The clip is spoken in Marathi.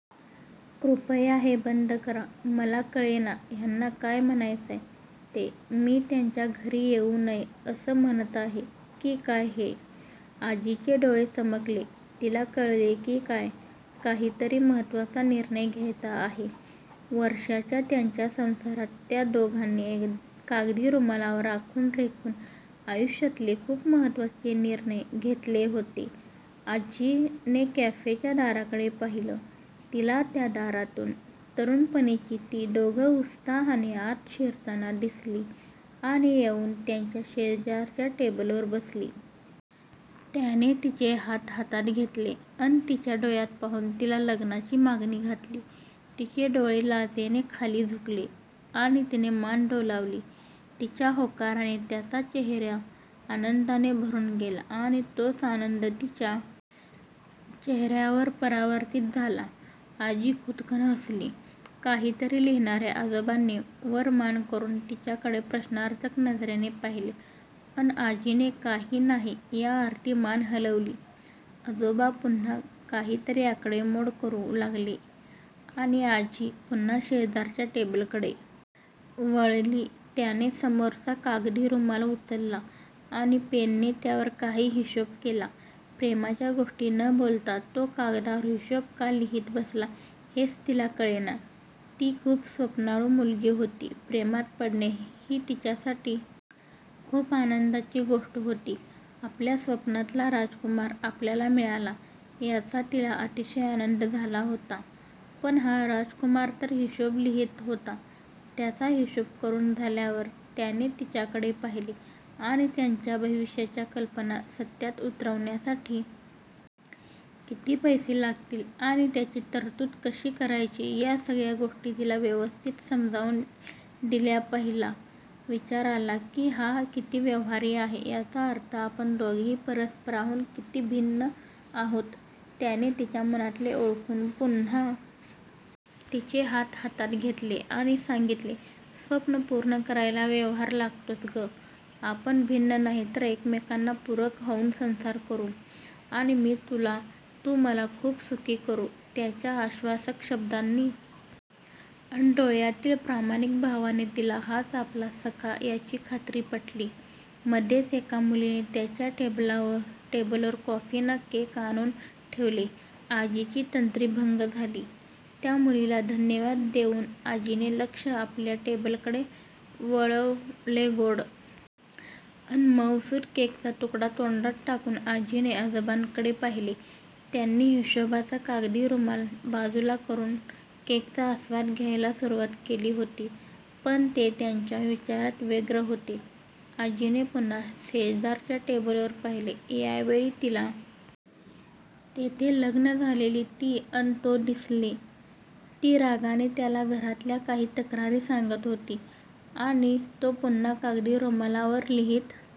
कृपया हे बंद करा. "मला कळेना ह्यांना काय म्हणायचय ते. मी त्यांच्या घरी येऊ नये असं म्हणत आहे कि काय हे?. आजीचे डोळे चमकले, तिला कळले कि काहीतरी महत्वाचा निर्णय घ्यायचा आहे, वर्षाच्या त्यांच्या संसारात त्या दोघांनी कागदी रुमालावर आखून रेखून आयुष्यातले खूप महत्वाचे निर्णय घेतले होतेआजी ने कॅफेच्या दाराकडे पाहिले, तिला त्या दारातून तरुणपणीची ती दोघं उत्साहाने आत शिरताना दिसलीआणि येउन त्यांच्या शेजारच्या टेबलवर बसली.. त्याने तिचे हात हातात घेतले अन तिच्या डोळ्यात पाहून तिला लग्नाची मागणी घातली, तिचे डोळे लाजेने खाली झुकले आणि तिने मान डोलावली, तिच्या होकाराने त्याचा चेहेरा आनंदाने भरून गेला आणि तोच आनंद तिच्या चेहेऱ्यावर परावर्तित झालाआजी खुदकन हसली, काहीतरी लिहिणाऱ्या आजोबांनी वर मान करून तिच्याकडे प्रश्नार्थक नजरेने पाहिले, अन आजीने काही नाही या अर्थी मान हलवली, आजोबा पुन्हा काहीतरी आकडेमोड करू लागलेआणि आजी पुन्हा शेजारच्या टेबलकडे वळलीत्याने समोरचा कागदी रुमाल उचलला आणि पेनने त्यावर काही हिशोब केला, प्रेमाच्या गोष्टी न बोलता तो कागदावर हिशोब का लिहित बसला हेच तिला कळेना, ती खूप स्वप्नाळू मुलगी होती, प्रेमात पडणे ही तिच्यासाठी खूप आनंदाची गोष्ट होती, आपल्या स्वप्नातला राजकुमार आपल्याला मिळाला याचा तिला अतिशय आनंद झाला होतापण हा राजकुमार तर हिशोब लिहित होतात्याचा हिशोब करून झाल्यावर त्याने तिच्याकडे पाहिले आणि त्यांच्या भविष्याच्या कल्पना सत्यात उतरवण्यासाठी किती पैसे लागतील आणि त्याची तरतूद कशी करायची या सगळ्या गोष्टी तिला व्यवस्थित समजावून दिल्यापहिला विचार आला कि "हा किती व्यवहारी आहे"याचा अर्थ आपण दोघेही परस्परांहून किती भिन्न आहोतत्याने तिच्या मनातले ओळखून पुन्हा तिचे हात हातात घेतले आणि सांगितले," स्वप्न पूर्ण करायला व्यवहार लागतोच ग, आपण भिन्न नाही तर एकमेकांना पूरक होऊन संसार करू, आणि मी तुला न तू मला खूप सुखी करू" त्याच्या आश्वासक शब्दांनी अन डोळ्यातील प्रामाणिक भावाने तिला हाच आपला सखा याची खात्री पटलीमध्येच एका मुलीने त्यांच्या टेबलवर कॉफी न केक आणून ठेवले, आजीची तंद्री भंग झाली, त्या मुलीला धन्यवाद देऊन आजीने लक्ष आपल्या टेबलकडे वळवलेगोड अन मऊसुत केकचा तुकडा तोंडात टाकून आजीने आजोबांकडे पाहिले, त्यांनी हिशोबाचा कागदी रुमाल बाजूला करून केकचा आस्वाद घ्यायला सुरुवात केली होती पण ते त्यांच्या विचारात व्यग्र होतेआजीने पुन्हा शेजारच्या टेबलवर पाहिले, यावेळी तिला तेथे लग्न झालेली ती अन तो दिसलेती रागारागाने त्याला घरातल्या काही तक्रारी सांगत होती आणि तो पुन्हा कागदी रुमालावर लिहित